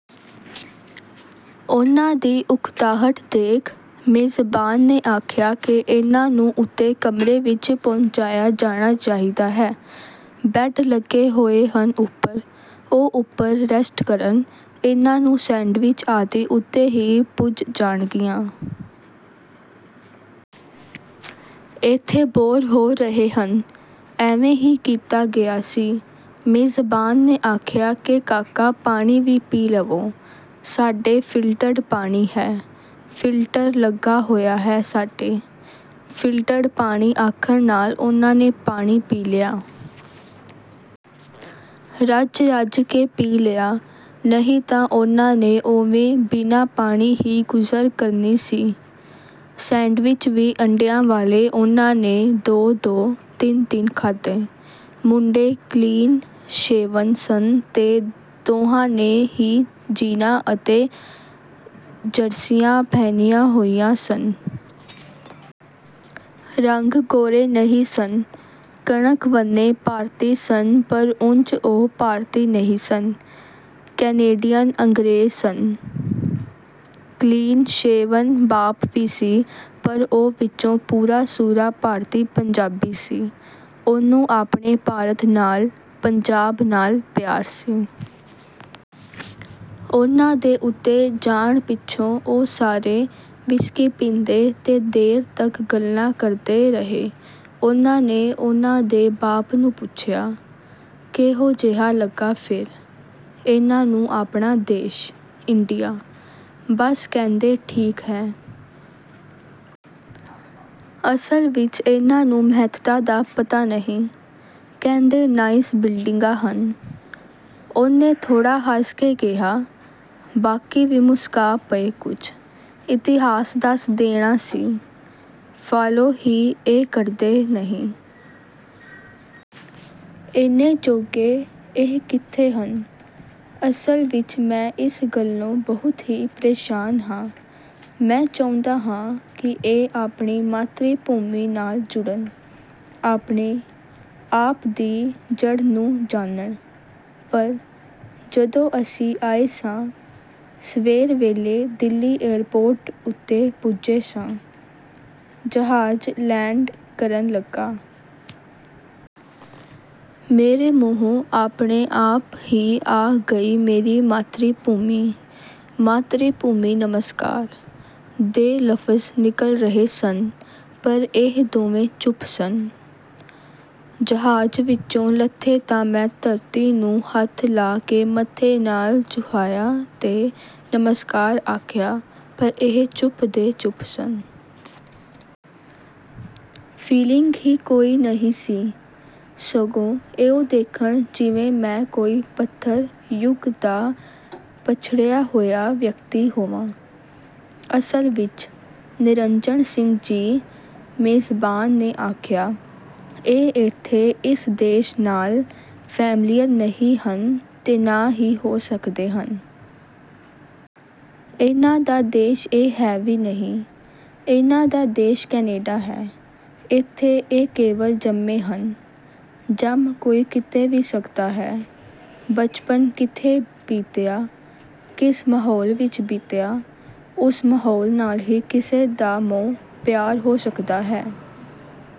ਉਹਨਾਂ ਦੀ ਉਕਤਾਹਟ ਦੇਖ, ਮੇਜ਼ਬਾਨ ਨੇ ਆਖਿਆ ਕਿ ਇਹਨਾਂ ਨੂੰ ਉਤੇ ਕਮਰੇ ਵਿਚ ਪਹੁੰਚਾਇਆ ਜਾਣਾ ਚਾਹੀਦਾ ਹੈ। ਬੈਡ ਲੱਗੇ ਹੋਏ ਹਨ ਉਪਰ। ਉਹ ਉਪਰ ਰੈਸਟ ਕਰਨ। ਇਹਨਾਂ ਨੂੰ ਸ਼ੈਂਡਵਿੱਚ ਆਦਿ ਉਤੇ ਹੀ ਪੁੱਜ ਜਾਣਗੀਆਂ। ਏਥੇ ਬੋਰ ਹੋ ਰਹੇ ਹਨ। ਇਵੇਂ ਹੀ ਕੀਤਾ ਗਿਆ ਸੀ। ਮੇਜ਼ਬਾਨ ਨੇ ਆਖਿਆ ਕਿ ਕਾਕਾ ਪਾਣੀ ਵੀ ਪੀ ਲਵੋ। ਸਾਡੇ ਫਿਲਟਰਡ ਪਾਣੀ ਹੈ। ਫਿਲਟਰ ਲੱਗਾ ਹੋਇਆ ਹੈ ਸਾਡੇ। ਫਿਲਟਰਡ ਪਾਣੀ ਆਖਣ ਨਾਲ ਉਹਨਾਂ ਨੇ ਪਾਣੀ ਪੀ ਲਿਆ। ਰੱਜ ਰੱਜ ਕੇ ਪੀ ਲਿਆ। ਨਹੀਂ ਤਾਂ ਉਹਨਾਂ ਨੇ ਉਵੇਂ ਬਿਨਾਂ ਪਾਣੀ ਹੀ ਗੁਜ਼ਰ ਕਰਨੀ ਸੀ। ਸੈਂਡਵਿਚ ਵੀ ਅੰਡਿਆਂ ਵਾਲੇ ਉਹਨਾਂ ਨੇ ਦੋ-ਦੋ, ਤਿੰਨ-ਤਿੰਨ ਖਾਧੇ। ਮੁੰਡੇ ਕਲੀਨ ਸ਼ੇਵਨ ਸਨ ਤੇ ਦੋਹਾਂ ਨੇ ਹੀ ਜੀਨਾਂ ਅਤੇ ਜਰਸੀਆਂ ਪਹਿਨੀਆਂ ਹੋਈਆਂ ਸਨ। ਰੰਗ ਗੋਰੇ ਨਹੀਂ ਸਨ। ਕਣਕਵੰਨੇ ਭਾਰਤੀ ਸਨ ਪਰ ਉਂਝ ਉਹ ਭਾਰਤੀ ਨਹੀਂ ਸਨ। ਕੈਨੇਡੀਅਨ ਅੰਗਰੇਜ਼ ਸਨ। ਕਲੀਨ ਸ਼ੇਵਨ ਬਾਪ ਵੀ ਸੀ ਪਰ ਉਹ ਵਿਚੋਂ ਪੂਰਾ-ਸੂਰਾ ਭਾਰਤੀ ਪੰਜਾਬੀ ਸੀ। ਉਹਨੂੰ ਆਪਣੇ ਭਾਰਤ ਨਾਲ, ਪੰਜਾਬ ਨਾਲ ਪਿਆਰ ਸੀ। ਉਹਨਾਂ ਦੇ ਉਤੇ ਜਾਣ ਪਿਛੋਂ ਉਹ ਸਾਰੇ ਵਿਸਕੀ ਪੀਂਦੇ ਤੇ ਦੇਰ ਤੱਕ ਗੱਲਾਂ ਕਰਦੇ ਰਹੇ। ਉਹਨਾਂ ਨੇ ਉਹਨਾਂ ਦੇ ਬਾਪ ਨੂੰ ਪੁੱਛਿਆ। "ਕਿਹੋ ਜਿਹਾ ਲੱਗਾ ਫੇਰ। ਇਹਨਾਂ ਨੂੰ ਆਪਣਾ ਦੇਸ਼, ਇੰਡੀਆ? " 'ਬਸ, ਕਹਿੰਦੇ ਠੀਕ ਹੈ। " "ਅਸਲ ਵਿਚ ਇਹਨਾਂ ਨੂੰ ਮਹੱਤਤਾ ਦਾ ਪਤਾ ਨਹੀਂ। ਕਹਿੰਦੇ ਨਾਈਸ ਬਿਲਡਿੰਗਾਂ ਹਨ। " ਉਹਨੇ ਥੋੜ੍ਹਾ ਹੱਸ ਕੇ ਕਿਹਾ। ਬਾਕੀ ਵੀ ਮੁਸਕਾ ਪਏ ਕੁਝ। "ਇਤਿਹਾਸ ਦੱਸ ਦੇਣਾ ਸੀ? " "ਫਾਲੋ ਹੀ ਇਹ ਕਰਦੇ ਨਹੀਂ। ਏਨੇ ਜੋਗੇ ਇਹ ਕਿੱਥੇ ਹਨ। ਅਸਲ ਵਿਚ ਮੈਂ ਇਸ ਗੱਲੋਂ ਬਹੁਤ ਹੀ ਪ੍ਰੇਸ਼ਾਨ ਹਾਂ। ਮੈਂ ਚਾਹੁੰਦਾ ਹਾਂ ਕਿ ਇਹ ਆਪਣੀ ਮਾਤ੍ਰੀ ਭੂਮੀ ਨਾਲ ਜੁੜਨ। ਆਪਣੇ-ਆਪ ਦੀ ਜੜ੍ਹ ਨੂੰ ਜਾਨਣ। ਪਰ… ਜਦੋਂ ਅਸੀਂ ਆਏ ਸਾਂ, ਸਵੇਰ ਵੇਲੇ ਦਿੱਲੀ ਏਅਰਪੋਰਟ ਉਤੇ ਪੁੱਜੇ ਸਾਂ, ਜਹਾਜ ਲੈਂਡ ਕਰਨ ਲੱਗਾ। ਮੇਰੇ ਮੂੰਹੋਂ ਆਪਣੇ ਆਪ ਹੀ ਆ ਗਈ ਮੇਰੀ ਮਾਤ੍ਰੀ-ਭੂਮੀ, ਮਾਤ੍ਰੀ ਭੂਮੀ ਨਮਸਕਾਰ' ਦੇ ਲਫਜ਼ ਨਿਕਲ ਰਹੇ ਸਨ ਪਰ ਇਹ ਦੋਵੇਂ ਚੁੱਪ ਸਨ। ਜਹਾਜ ਵਿਚੋਂ ਲੱਥੇ ਤਾਂ ਮੈਂ ਧਰਤੀ ਨੂੰ ਹੱਥ ਲਾ ਕੇ ਮੱਥੇ ਨਾਲ ਛੁਹਾਇਆ ਤੇ ਨਮਸਕਾਰ ਆਖਿਆ ਪਰ ਇਹ ਚੁੱਪ ਦੇ ਚੁੱਪ ਸਨ। ਫੀਲਿੰਗ ਹੀ ਕੋਈ ਨਹੀਂ ਸੀ। ਸਗੋਂ ਇਉਂ ਦੇਖਣ ਜਿਵੇਂ ਮੈਂ ਕੋਈ ਪੱਥਰ-ਯੁੱਗ ਦਾ ਪਛੜਿਆ ਹੋਇਆ ਵਿਅਕਤੀ ਹੋਵਾਂ। " "ਅਸਲ ਵਿਚ, ਨਿਰੰਜਣ ਸਿੰਘ ਜੀ", ਮੇਜ਼ਬਾਨ ਨੇ ਆਖਿਆ, "ਇਹ ਏਥੇ ਇਸ ਦੇਸ਼ ਨਾਲ ਫ਼ੈਮੀਲੀਅਰ ਨਹੀਂ ਹਨ ਤੇ ਨਾ ਹੀ ਹੋ ਸਕਦੇ ਹਨ। ਇਹਨਾਂ ਦਾ ਦੇਸ਼ ਇਹ ਹੈ ਵੀ ਨਹੀਂ। ਇਹਨਾਂ ਦਾ ਦੇਸ਼ ਕੈਨੇਡਾ ਹੈ। ਏਥੇ ਇਹ ਕੇਵਲ ਜੰਮੇ ਹਨ। ਜੰਮ ਕੋਈ ਕਿਤੇ ਵੀ ਸਕਦਾ ਹੈ। ਬਚਪਨ ਕਿਥੇ ਬੀਤਿਆ, ਕਿਸ ਮਾਹੌਲ ਵਿਚ ਬੀਤਿਆ, ਉਸ ਮਾਹੌਲ ਨਾਲ ਹੀ ਕਿਸੇ ਦਾ ਮੋਹ-ਪਿਆਰ ਹੋ ਸਕਦਾ ਹੈ।